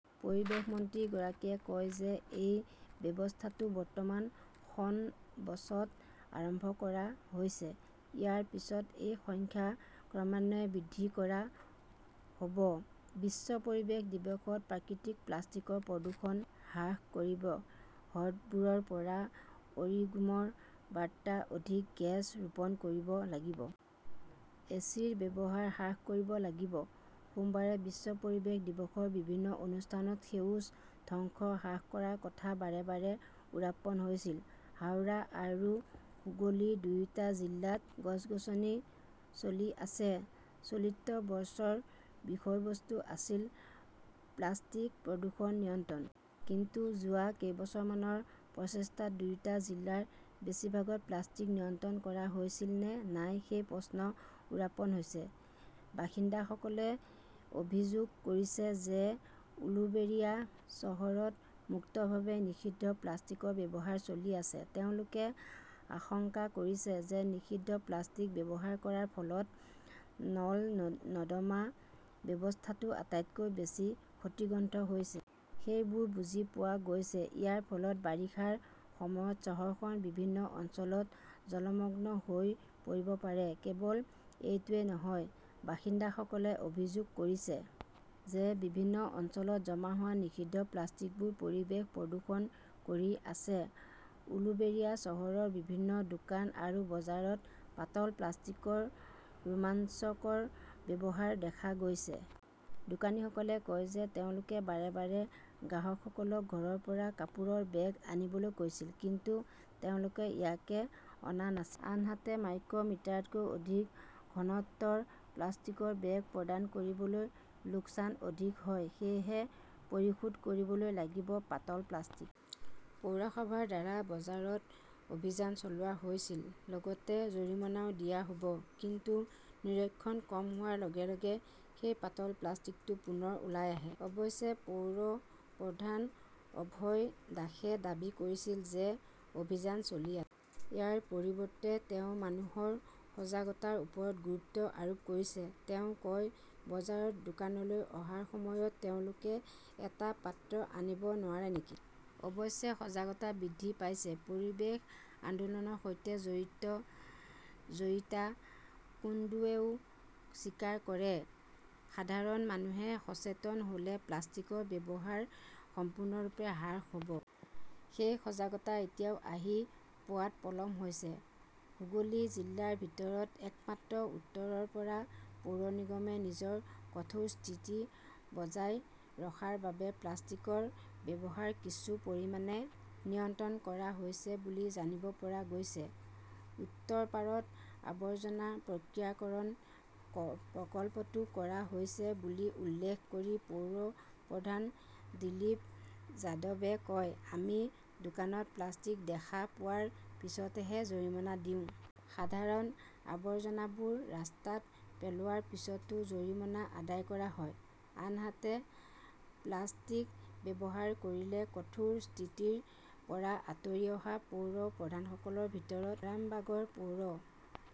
পৰিৱেশ মন্ত্ৰীগৰাকীয়ে কয় যে এই ব্যৱস্থাটো বৰ্তমান খন বাছত আৰম্ভ কৰা হৈছে। ইয়াৰ পিছত এই সংখ্যা ক্ৰমান্বয়ে বৃদ্ধি কৰা হ "ব। বিশ্ব পৰিৱেশ দিৱসত প্ৰাকৃতিক প্লাষ্টিকৰ প্ৰদূষণ হ্ৰাস কৰক, হৃদৰোপৰৰ অৰিণ্ডমৰ বাৰ্তা অধিক গছ ৰোপণ কৰিব লাগিব। এচিৰ ব্যৱহাৰ হ্ৰাস কৰিব লাগিব। সোমবাৰে বিশ্ব পৰিৱেশ দিৱসৰ বিভিন্ন অনুষ্ঠানত সেউজ ধ্বংস হ্ৰাস কৰাৰ কথা বাৰে বাৰে উত্থাপন হৈছিল। হাওৰা আৰু হুগলী দুয়োটা জিলাত গছ-গছনি চলি আছে। চলিত বৰ্ষৰ বিষয়বস্তু আছিল 'প্লাষ্টিক প্ৰদূষণ নিয়ন্ত্ৰণ "। কিন্তু যোৱা কেইবছৰমানৰ প্ৰচেষ্টাত দুয়োটা জিলাৰ বেছিভাগতে প্লাষ্টিক নিয়ন্ত্ৰণ কৰা হৈছিল নে নাই সেই প্ৰশ্ন উত্থাপন হৈছে। বাসিন্দাসকলে অভিযোগ কৰিছে যে উলুবেৰিয়া চহৰত মুক্তভাৱে নিষিদ্ধ প্লাষ্টিকৰ ব্যৱহাৰ চলি আছে। তেওঁলোকে আশংকা কৰিছে যে নিষিদ্ধ প্লাষ্টিক ব্যৱহাৰ কৰাৰ ফলত নলা-নৰ্দমা ব্যৱস্থাটো আটাইতকৈ বেছি ক্ষতিগ্ৰস্ত হৈছে। সেইবোৰ বুজি পোৱা গৈছে। ইয়াৰ ফলত বাৰিষাৰ সময়ত চহৰখনৰ বিভিন্ন অঞ্চল জলমগ্ন হৈ পৰিব পাৰে। কেৱল এইটোৱেই নহয়, বাসিন্দাসকলে অভিযোগ কৰিছে যে বিভিন্ন অঞ্চলত জমা হোৱা নিষিদ্ধ প্লাষ্টিকবোৰে পৰিৱেশ প্ৰদূষণ কৰি আছে। উলুবেৰিয়া চহৰৰ বিভিন্ন দোকান আৰু বজাৰত পাতল প্লাষ্টিকৰ ৰোমাঞ্চকৰ ব্যৱহাৰ দেখা গৈছিল। দোকানীসকলে কয় যে তেওঁলোকে বাৰে বাৰে গ্ৰাহকসকলক ঘৰৰ পৰা কাপোৰৰ বেগ আনিবলৈ কৈছিল। কিন্তু তেওঁলোকে ইয়াক অনা নাছিল। আনহাতে, মাইক্ৰ "মিটাৰতকৈ অধিক ঘনত্বৰ প্লাষ্টিকৰ বেগ প্ৰদান কৰিলে লোকচান অধিক হয়। সেয়েহে পৰিশোধ কৰিব লাগিব পাতল প্লাষ্টিক। পৌৰসভাৰ দ্বাৰা বজাৰত অভিযান চলোৱা হৈছিল। লগতে জৰিমনাও দিয়া হয়। কিন্তু নিৰীক্ষণ কম হোৱাৰ লগে লগে সেই পাতল প্লাষ্টিকটো পুনৰ ওলাই আহে। অৱশ্যে পৌৰ প্ৰধান অভয় দাসে দাবী কৰিছিল যে অভিযান চলি আছে। ইয়াৰ পৰিৱৰ্তে তেওঁ মানুহৰ সজাগতাৰ ওপৰত গুৰুত্ব আৰোপ কৰিছে। তেওঁ কয়, "বজাৰত দোকানলৈ অহাৰ সময়ত তেওঁলোকে এটা পাত্ৰ আনিব নোৱাৰে নেকি? অৱশ্যে সজাগতা বৃদ্ধি পাইছে। "পৰিৱেশ আন্দোলনৰ সৈতে জড়িত জয়িতা কুন্দুৱেও স্বীকাৰ কৰে", সাধাৰণ মানুহে সচেতন হ "লে প্লাষ্টিকৰ ব্যৱহাৰ সম্পূৰ্ণৰূপে হ্ৰাস হ" ব। সেই সজাগতা এতিয়াও আহি পোৱাত পলম হৈছে। "হুগলী জিলাৰ ভিতৰত একমাত্ৰ উত্তৰপাৰা পৌৰ নিগমে নিজৰ কঠোৰ স্থিতি বজাই ৰখাৰ বাবে প্লাষ্টিকৰ ব্যৱহাৰ কিছু পৰিমাণে নিয়ন্ত্ৰণ কৰা হৈছে বুলি জানিব পৰা গৈছে। উত্তৰপাৰাত আৱৰ্জনা প্ৰক্ৰিয়াকৰণ প্ৰকল্পটো কৰা হৈছে বুলি উল্লেখ কৰি পৌৰ প্ৰধান দিলীপ যাদৱে কয়, "আমি দোকানত প্লাষ্টিক দেখা পোৱাৰ পিছতহে জৰিমনা দিওঁ। সাধাৰণ আৱৰ্জনাবোৰ ৰাস্তাত পেলোৱাৰ পিছতো জৰিমনা আদায় কৰা হয়। "আনহাতে, প্লাষ্টিক্স ব্যৱহাৰ কৰিলে কঠোৰ স্থিতিৰ পৰা আঁতৰি অহা পৌৰ প্ৰধানসকলৰ ভিতৰত আৰামবাগৰ পৌৰ